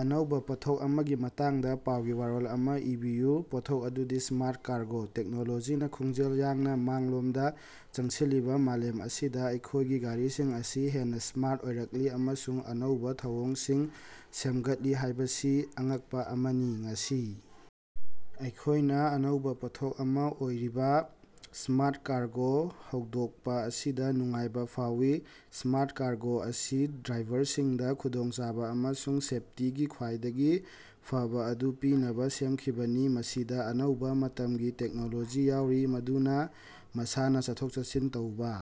ꯑꯅꯧꯕꯥ ꯄꯣꯠꯊꯣꯛ ꯑꯃꯒꯤ ꯃꯇꯥꯡꯗ ꯄꯥꯎꯒꯤ ꯋꯥꯔꯣꯜ ꯑꯃ ꯏꯕꯤꯌꯨ꯫ ꯄꯣꯠꯊꯣꯛ ꯑꯗꯨꯗꯤ ꯁ꯭ꯃꯥꯔꯠ ꯀꯥꯔꯒꯣ꯫ ꯇꯦꯛꯅꯣꯂꯣꯖꯤꯅꯥ ꯈꯣꯡꯖꯦꯜ ꯌꯥꯡꯅ ꯃꯥꯡꯂꯣꯝꯗ ꯆꯪꯁꯤꯜꯂꯤꯕ ꯃꯥꯂꯦꯝ ꯑꯁꯤꯗ ꯑꯩꯈꯣꯏꯒꯤ ꯒꯥꯔꯤꯁꯤꯡ ꯑꯁꯤ ꯍꯦꯟꯅ ꯁ꯭ꯃꯥꯔꯠ ꯑꯣꯏꯔꯛꯂꯤ ꯑꯃꯁꯨꯡ ꯑꯅꯧꯕꯥ ꯊꯧꯑꯣꯡꯁꯤꯡ ꯁꯦꯝꯒꯠꯂꯤ ꯍꯥꯏꯕꯁꯤ ꯑꯉꯛꯄꯥ ꯑꯃꯅꯤ꯫ ꯉꯁꯤ ꯑꯩꯈꯣꯏꯅ ꯑꯅꯧꯕꯥ ꯄꯣꯠꯊꯣꯛ ꯑꯃ ꯑꯣꯏꯔꯤꯕ ꯁ꯭ꯃꯥꯔꯠ ꯀꯥꯔꯒꯣ ꯍꯧꯗꯣꯛꯄ ꯑꯁꯤꯗ ꯅꯨꯡꯉꯥꯏꯕ ꯐꯥꯎꯏ ꯫ ꯁ꯭ꯃꯥꯔꯠ ꯀꯥꯔꯒꯣ ꯑꯁꯤ ꯗ꯭ꯔꯥꯏꯚꯔꯁꯤꯡꯗ ꯈꯨꯗꯣꯡꯆꯥꯕ ꯑꯃꯁꯨꯡ ꯁꯦꯐꯇꯤꯒꯤ ꯈ꯭ꯋꯥꯏꯗꯒꯤ ꯐꯕꯥ ꯑꯗꯨ ꯄꯤꯅꯕ ꯁꯦꯝꯈꯤꯕꯅꯤ꯫ ꯃꯁꯤꯗ ꯑꯅꯧꯕ ꯃꯇꯝꯒꯤ ꯇꯦꯛꯅꯣꯂꯣꯖꯤ ꯌꯥꯎꯔꯤ ꯃꯗꯨꯅ ꯃꯁꯥꯅ ꯆꯠꯊꯣꯛ-ꯆꯠꯁꯤꯟ ꯇꯧꯕ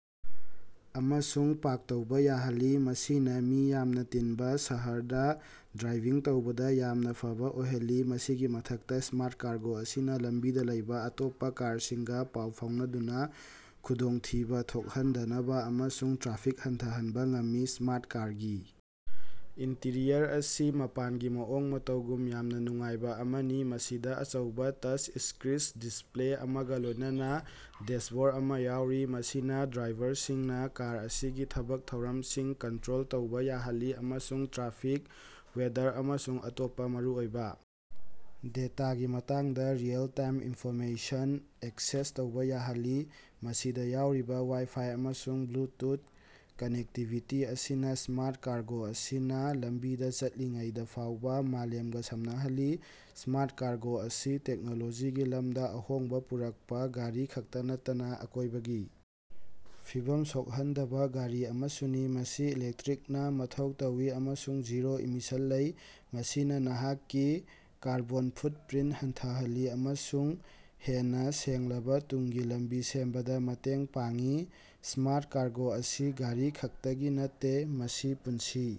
ꯑꯃꯁꯨꯡ ꯄꯥꯔ꯭ꯛ ꯇꯧꯕ ꯌꯥꯍꯜꯂꯤ, ꯃꯁꯤꯅ ꯃꯤ ꯌꯥꯝꯅ ꯇꯤꯟꯕ ꯁꯍꯔꯗ ꯗ꯭ꯔꯥꯏꯚꯤꯡ ꯇꯧꯕꯗ ꯌꯥꯝꯅ ꯐꯕ ꯑꯣꯏꯍꯜꯂꯤ꯫ ꯃꯁꯤꯒꯤ ꯃꯊꯛꯇ ꯁ꯭ꯃꯥꯔꯠ ꯀꯥꯔꯒꯣ ꯑꯁꯤꯅ ꯂꯝꯕꯤꯗ ꯂꯩꯕ ꯑꯇꯣꯞꯄ ꯀꯥꯔꯁꯤꯡꯒ ꯄꯥꯎ ꯐꯥꯎꯅꯗꯨꯅ ꯈꯨꯗꯣꯡꯊꯤꯕ ꯊꯣꯛꯍꯟꯗꯅꯕ ꯑꯃꯁꯨꯡ ꯇ꯭ꯔꯥꯐꯤꯛ ꯍꯟꯊꯍꯟꯕ ꯉꯝꯃꯤ꯫ ꯁ꯭ꯃꯥꯔꯠ ꯀꯥꯔꯒꯤ ꯏꯟꯇꯤꯔꯤꯌꯔ ꯑꯁꯤ ꯃꯄꯥꯟꯒꯤ ꯃꯑꯣꯡ ꯃꯇꯧꯒꯨꯝꯅ ꯌꯥꯝꯅ ꯅꯨꯡꯉꯥꯏꯕ ꯑꯃꯅꯤ꯫ ꯃꯁꯤꯗ ꯑꯆꯧꯕ ꯇꯆ ꯏꯁꯀ꯭ꯔꯤꯁ ꯗꯤꯁꯄ꯭ꯂꯦ ꯑꯃꯒ ꯂꯣꯏꯅꯅ ꯗꯦꯁꯕꯣꯔ ꯑꯃ ꯌꯥꯎꯔꯤ, ꯃꯁꯤꯅ ꯗ꯭ꯔꯥꯏꯚꯔꯁꯤꯡꯅꯥ ꯀꯥꯔ ꯑꯁꯤꯒꯤ ꯊꯕꯛ ꯊꯧꯔꯝꯁꯤꯡ ꯀꯟꯇ꯭ꯔꯣꯜ ꯇꯧꯕ ꯌꯥꯍꯜꯂꯤ ꯑꯃꯁꯨꯡ ꯇ꯭ꯔꯥꯐꯤꯛ, ꯋꯦꯗꯔ ꯑꯃꯁꯨꯡ ꯑꯇꯣꯞꯄ ꯃꯔꯨꯑꯣꯏꯕ ꯗꯦꯇꯥꯒꯤ ꯃꯇꯥꯡꯗ ꯔꯤꯑꯦꯜ-ꯇꯥꯏꯝ ꯏꯟꯐꯣꯔꯃꯦꯁꯟ ꯑꯦꯛꯁꯦꯁ ꯇꯧꯕ ꯌꯥꯍꯜꯂꯤ꯫ ꯃꯁꯤꯗ ꯌꯥꯎꯔꯤꯕ ꯋꯥꯏ-ꯐꯥꯏ ꯑꯃꯁꯨꯡ ꯕ꯭ꯂꯨꯇꯨꯊ ꯀꯅꯦꯛꯇꯤꯕꯤꯇꯤ ꯑꯁꯤꯅ ꯁ꯭ꯃꯥꯔꯠ ꯀꯥꯔꯒꯣ ꯑꯁꯤꯅ ꯂꯝꯕꯤꯗ ꯆꯠꯂꯤꯉꯩꯗ ꯐꯥꯎꯕ ꯃꯥꯂꯦꯝꯒ ꯁꯝꯅꯍꯜꯂꯤ꯫ ꯁ꯭ꯃꯥꯔꯠ ꯀꯥꯔꯒꯣ ꯑꯁꯤ ꯇꯦꯛꯅꯣꯂꯣꯖꯤꯒꯤ ꯂꯝꯗ ꯑꯍꯣꯡꯕ ꯄꯨꯔꯛꯄ ꯒꯥꯔꯤ ꯈꯛꯇ ꯅꯠꯇꯅ ꯑꯀꯣꯏꯕꯒꯤ ꯐꯤꯕꯝ ꯁꯣꯛꯍꯟꯗꯕ ꯒꯥꯔꯤ ꯑꯃꯁꯨꯅꯤ꯫ ꯃꯁꯤ ꯏꯂꯦꯛꯇ꯭ꯔꯤꯛꯅ ꯃꯊꯧ ꯇꯧꯏ ꯑꯃꯁꯨꯡ ꯖꯤꯔꯣ ꯏꯃꯤꯁꯟ ꯂꯩ, ꯃꯁꯤꯅ ꯅꯍꯥꯛꯀꯤ ꯀꯥꯔꯕꯣꯟ ꯐꯨꯠꯄ꯭ꯔꯤꯟꯇ ꯍꯟꯊꯍꯜꯂꯤ ꯑꯃꯁꯨꯡ ꯍꯦꯟꯅ ꯁꯦꯡꯂꯕ ꯇꯨꯡꯒꯤ ꯂꯝꯕꯤ ꯁꯦꯝꯕꯗ ꯃꯇꯦꯡ ꯄꯥꯡꯏ꯫ ꯁ꯭ꯃꯥꯔꯠ ꯀꯥꯔꯒꯣ ꯑꯁꯤ ꯒꯥꯔꯤ ꯈꯛꯇꯒꯤ ꯅꯠꯇꯦ, ꯃꯁꯤ ꯄꯨꯟꯁꯤ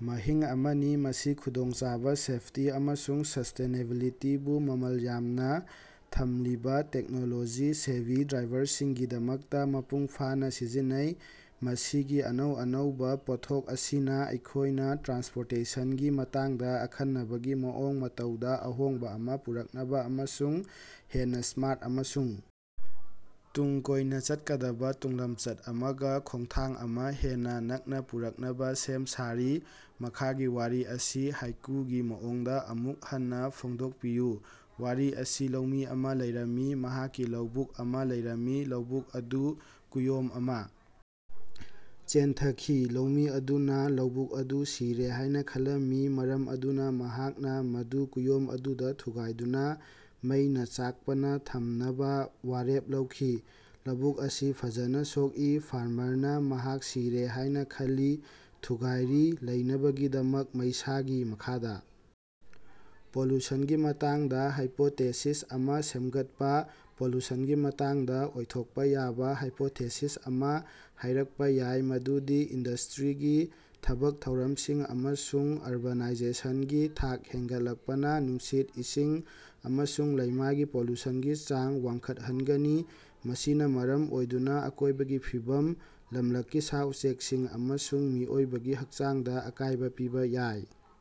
ꯃꯍꯤꯡ ꯑꯃꯅꯤ꯫ ꯃꯁꯤ ꯈꯨꯗꯣꯡꯆꯥꯕ, ꯁꯦꯐꯇꯤ, ꯑꯃꯁꯨꯡ ꯁꯁ꯭ꯇꯦꯅꯦꯕꯤꯂꯤꯇꯤꯕꯨ ꯃꯃꯜ ꯌꯥꯝꯅꯥ ꯊꯝꯂꯤꯕꯥ ꯇꯦꯛꯅꯣꯂꯣꯖꯤ-ꯁꯦꯚꯤ ꯗ꯭ꯔꯥꯏꯚꯔꯁꯤꯡꯒꯤꯗꯃꯛꯇ ꯃꯄꯨꯡ ꯐꯥꯅ ꯁꯤꯖꯤꯟꯅꯩ꯫ ꯃꯁꯤꯒꯤ ꯑꯅꯧ ꯑꯅꯧꯕ ꯄꯣꯠꯊꯣꯛ ꯑꯁꯤꯅ ꯑꯩꯈꯣꯏꯅ ꯇ꯭ꯔꯥꯟꯁꯄꯣꯔꯇꯦꯁꯟꯒꯤ ꯃꯇꯥꯡꯗ ꯑꯈꯟꯅꯕꯒꯤ ꯃꯑꯣꯡ ꯃꯇꯧꯗ ꯑꯍꯣꯡꯕ ꯑꯃ ꯄꯨꯔꯛꯅꯕ ꯑꯃꯁꯨꯡ ꯍꯦꯟꯅ ꯁ꯭ꯃꯥꯔꯠ ꯑꯃꯁꯨꯡ ꯇꯨꯡ ꯀꯣꯏꯅ ꯆꯠꯀꯗꯕ ꯇꯨꯡꯂꯝꯆꯠ ꯑꯃꯒ ꯈꯣꯡꯊꯥꯡ ꯑꯃ ꯍꯦꯟꯅ ꯅꯛꯅ ꯄꯨꯔꯛꯅꯕ ꯁꯦꯝ ꯁꯥꯔꯤ꯫ ꯃꯈꯥꯒꯤ ꯋꯥꯔꯤ ꯑꯁꯤ ꯍꯥꯏꯀꯨꯒꯤ ꯃꯑꯣꯡꯗ ꯑꯃꯨꯛ ꯍꯟꯅ ꯐꯣꯡꯗꯣꯛꯄꯤꯌꯨ꯫ ꯋꯥꯔꯤ ꯑꯁꯤ ꯂꯧꯃꯤ ꯑꯃ ꯂꯩꯔꯝꯃꯤ, ꯃꯍꯥꯛꯀꯤ ꯂꯧꯕꯨꯛ ꯑꯃ ꯂꯩꯔꯝꯃꯤ꯫ ꯂꯧꯕꯨꯛ ꯑꯗꯨ ꯀꯨꯌꯣꯝ ꯑꯃ ꯆꯦꯟꯊꯈꯤ꯫ ꯂꯧꯃꯤ ꯑꯗꯨꯅ ꯂꯧꯕꯨꯛ ꯑꯗꯨ ꯁꯤꯔꯦ ꯍꯥꯏꯅ ꯈꯜꯂꯝꯃꯤ, ꯃꯔꯝ ꯑꯗꯨꯅ ꯃꯍꯥꯛꯅ ꯃꯗꯨ ꯀꯨꯌꯣꯝ ꯑꯗꯨꯗ ꯊꯨꯒꯥꯏꯗꯨꯅ ꯃꯩꯅꯥ ꯆꯥꯛꯄꯅ ꯊꯝꯅꯕ ꯋꯥꯔꯦꯞ ꯂꯧꯈꯤ꯫ ꯂꯧꯕꯨꯛ ꯑꯁꯤ ꯐꯖꯅ ꯁꯣꯛꯏ, ꯐꯥꯔꯃꯔꯅ ꯃꯍꯥꯛ ꯁꯤꯔꯦ ꯍꯥꯏꯅ ꯈꯜꯂꯤ, ꯊꯨꯒꯥꯏꯔꯤ, ꯂꯩꯅꯕꯒꯤꯗꯃꯛ ꯃꯩꯁꯥꯒꯤ ꯃꯈꯥꯗ꯫ ꯄꯣꯂꯨꯁꯟꯒꯤ ꯃꯇꯥꯡꯗ ꯍꯥꯏꯄꯣꯇꯦꯁꯤꯁ ꯑꯃ ꯁꯦꯝꯒꯠꯄ꯫ ꯄꯣꯂꯨꯁꯟꯒꯤ ꯃꯇꯥꯡꯗ ꯑꯣꯏꯊꯣꯛꯄꯥ ꯌꯥꯕꯥ ꯍꯥꯏꯄꯣꯊꯦꯁꯤꯁ ꯑꯃ ꯍꯥꯏꯔꯛꯄ ꯌꯥꯏ ꯃꯗꯨꯗꯤ ꯏꯟꯗꯁꯇ꯭ꯔꯤꯒꯤ ꯊꯕꯛ ꯊꯧꯔꯝꯁꯤꯡ ꯑꯃꯁꯨꯡ ꯑꯔꯕꯥꯅꯥꯏꯖꯦꯁꯟꯒꯤ ꯊꯥꯛ ꯍꯦꯟꯒꯠꯂꯛꯄꯅ ꯅꯨꯡꯁꯤꯠ, ꯏꯁꯤꯡ ꯑꯃꯁꯨꯡ ꯂꯩꯃꯥꯏꯒꯤ ꯄꯣꯂꯨꯁꯟꯒꯤ ꯆꯥꯡ ꯋꯥꯡꯈꯠꯍꯟꯒꯅꯤ, ꯃꯁꯤꯅꯥ ꯃꯔꯝ ꯑꯣꯏꯗꯨꯅꯥ ꯑꯀꯣꯏꯕꯒꯤ ꯐꯤꯕꯝ, ꯂꯝꯂꯛꯀꯤ ꯁꯥ-ꯎꯆꯦꯛꯁꯤꯡ ꯑꯃꯁꯨꯡ ꯃꯤꯑꯣꯏꯕꯒꯤ ꯍꯛꯆꯥꯡꯗ ꯑꯀꯥꯏꯕ ꯄꯤꯕ ꯌꯥꯏ꯫